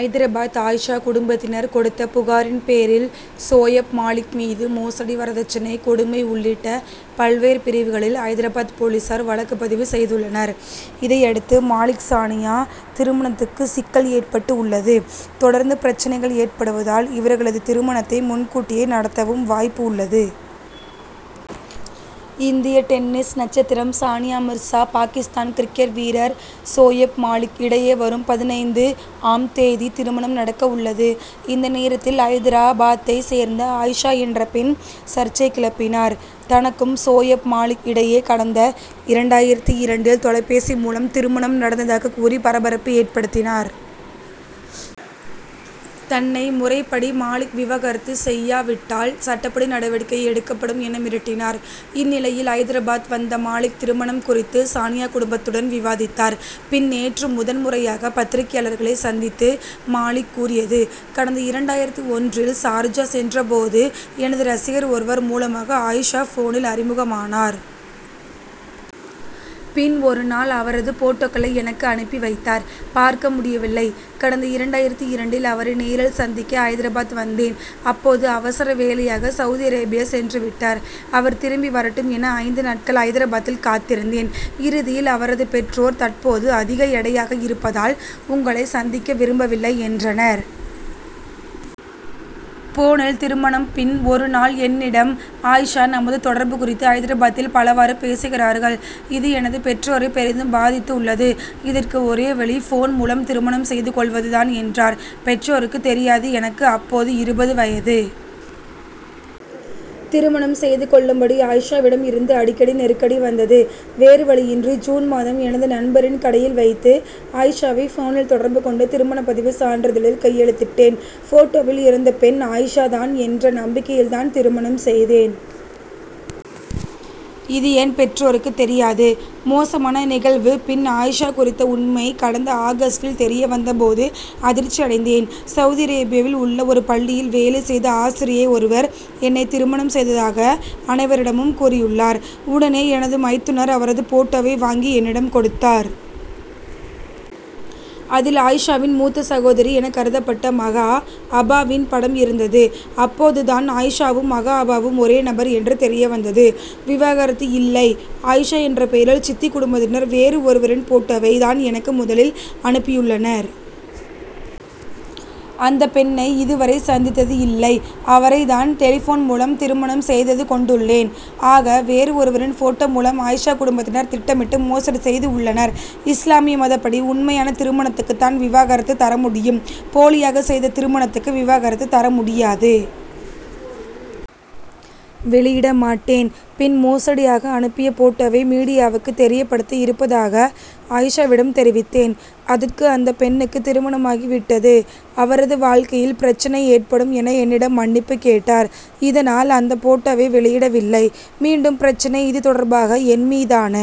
ஐதராபாத் ஆயிஷா குடும்பத்தினர் கொடுத்த புகாரின் பேரில் சோயப் மாலிக் மீது மோசடி வரதட்சணை கொடுமை உள்ளிட்ட பல்வேறு பிரிவுகளில் ஐதராபாத் போலீசார் வழக்கு பதிவு செய்துள்ளனர். இதை அடுத்து மாலிக்-சானியா திருமணத்துக்கு சிக்கல் ஏற்பட்டு உள்ளது. தொடர்ந்து பிரச்னைகள் ஏற்படுவதால் இவர்களது திருமணத்தை முன்கூட்டியே நடத்தவும் வாய்ப்பு உள்ளது. இந்திய டென்னிஸ் நட்சத்திரம் சானியா மிர்சா பாகிஸ்தான் கிரிக்கெட் வீரர் சோயப் மாலிக் இடையே வரும் பதினைந்து ஆம் தேதி திருமணம் நடக்க உள்ளது. இந்த நேரத்தில் ஐதரா பாத்தை சேர்ந்த ஆயிஷா என்ற பெண் சர்ச்சை கிளப்பினார். தனக்கும் சோயப் மாலிக் இடையே கடந்த இரண்டாயிரத்து இரண்டில் தொலைபேசி மூலம் திருமணம் நடந்ததாக கூறி பரபரப்பு ஏற்படுத்தினார். தன்னை முறைப் படி மாலிக் விவாகரத்து செய்யாவிட்டால் சட்டப்படி நடவடிக்கை எடுக்கப்படும் என மிரட்டினார். இந்நிலையில் ஐதராபாத் வந்த மாலிக் திருமணம் குறித்து சானியா குடும்பத்துடன் விவாதித்தார். பின் நேற்று முதன் முறையாக பத்திரிகையாளர்களை சந்தித்து மாலிக் கூறியது: கடந்த இரண்டாயிரத்து ஒன்று இல் சார்ஜா சென்ற போது எனது ரசிகர் ஒருவர் மூலமாக ஆயிஷா போனில் அறிமுகமானார். பின் ஒருநாள் அவரது போட்டோக்களை எனக்கு அனுப்பி வைத்தார். பார்க்க முடியவில்லை கடந்த இரண்டாயிரத்து இரண்டில் அவரை நேரில் சந்திக்க ஐதராபாத் வந்தேன். அப்போது அவசர வேலையாக சவுதி அரேபியா சென்றுவிட்டார். அவர் திரும்பி வரட்டும் என ஐந்து நாட்கள் ஐதராபாத்தில் காத்திருந்தேன். இறுதியில் அவரது பெற்றோர் தற்போது அதிக எடையாக இருப்பதால் உங்களை சந்திக்க விரும்ப வில்லை என்றனர். போனில் திருமணம் பின் ஒருநாள் என்னிடம் ஆயிஷா நமது தொடர்பு குறித்து ஐதராபாத்தில் பலவாறு பேசுகிறார்கள். இது எனது பெற்றோரை பெரிதும் பாதித்து உள்ளது. இதற்கு ஒரே வழி போன் மூலம் திருமணம் செய்து கொள்வது தான் என்றார். பெற்றோருக்கு தெரியாது எனக்கு அப்போது இருபது வயது. திருமணம் செய்து கொள்ளும் படி ஆயிஷாவிடம் இருந்து அடிக்கடி நெருக்கடி வந்தது. வேறுவழியின்றி ஜூன் மாதம் எனது நண்பரின் கடையில் வைத்து ஆயிஷாவை போனில் தொடர்பு கொண்டு திருமணப்பதிவு சான்றிதழில் கையெழுத்திட்டேன். போட்டோவில் இருந்த பெண் ஆயிஷா தான் என்ற நம்பிக்கையில் தான் திருமணம் செய்தேன். இது என் பெற்றோருக்கு தெரியாது. மோசமான நிகழ்வு பின் ஆயிஷா குறித்த உண்மை கடந்த ஆகஸ்டில் தெரிய வந்த போது அதிர்ச்சி அடைந்தேன். சவுதி அரேபியாவில் உள்ள ஒரு பள்ளியில் வேலை செய்த ஆசிரியை ஒருவர் என்னைத் திருமணம் செய்ததாக அனைவ ரிடமும் கூறியுள்ளார். உடனே எனது மைத்துனர் அவரது போட்டோவை வாங்கி என்னிடம் கொடுத்தார். அதில் ஆயிஷாவின் மூத்த சகோதரி என கருதப்பட்ட மகா அபாவின் படம் இருந்தது. அப்போது தான் ஆயிஷாவும் மகா அபாவும் ஒரே நபர் என்று தெரிய வந்தது. விவாகரத்து இல்லை ஆயிஷா என்ற பெயரில் சித்திக் குடும்பத்தினர் வேறு ஒருவரின் போட்டோவை தான் எனக்கு முதலில் அனுப்பியுள்ளனர். அந்த பெண்ணை இதுவரை சந்தித்தது இல்லை. அவரை தான் டெலிபோன் மூலம் திருமணம் செய்தது கொண்டுள்ளேன். ஆக வேறு ஒருவரின் போட்டோ மூலம் ஆயிஷா குடும்பத்தினர் திட்டமிட்டு மோசடி செய்து உள்ளனர். இஸ்லாமிய மதப்படி உண்மையான திருமணத்துக்குத் தான் விவாகரத்து தரமுடியும். போலியாக செய்த திருமணத் துக்கு விவாகரத்து தர முடியாது. வெளியிட மாட்டேன் பின் மோசடியாக அனுப்பிய போட்டோவை மீடியாவுக்கு தெரியப் படுத்த இருப்பதாக ஆயிஷா விடம் தெரிவித்தேன். அதற்கு அந்த பெண்ணுக்கு திருமணமாகி விட்டது. அவரது வாழ்க்கையில் பிரச்னை ஏற்படும் என என்னிடம் மன்னிப்பு கேட்டார். இதனால் அந்த போட்டோவை வெளியிட வில்லை மீண்டும் பிரச்னை இது தொடர்பாக என்மீதான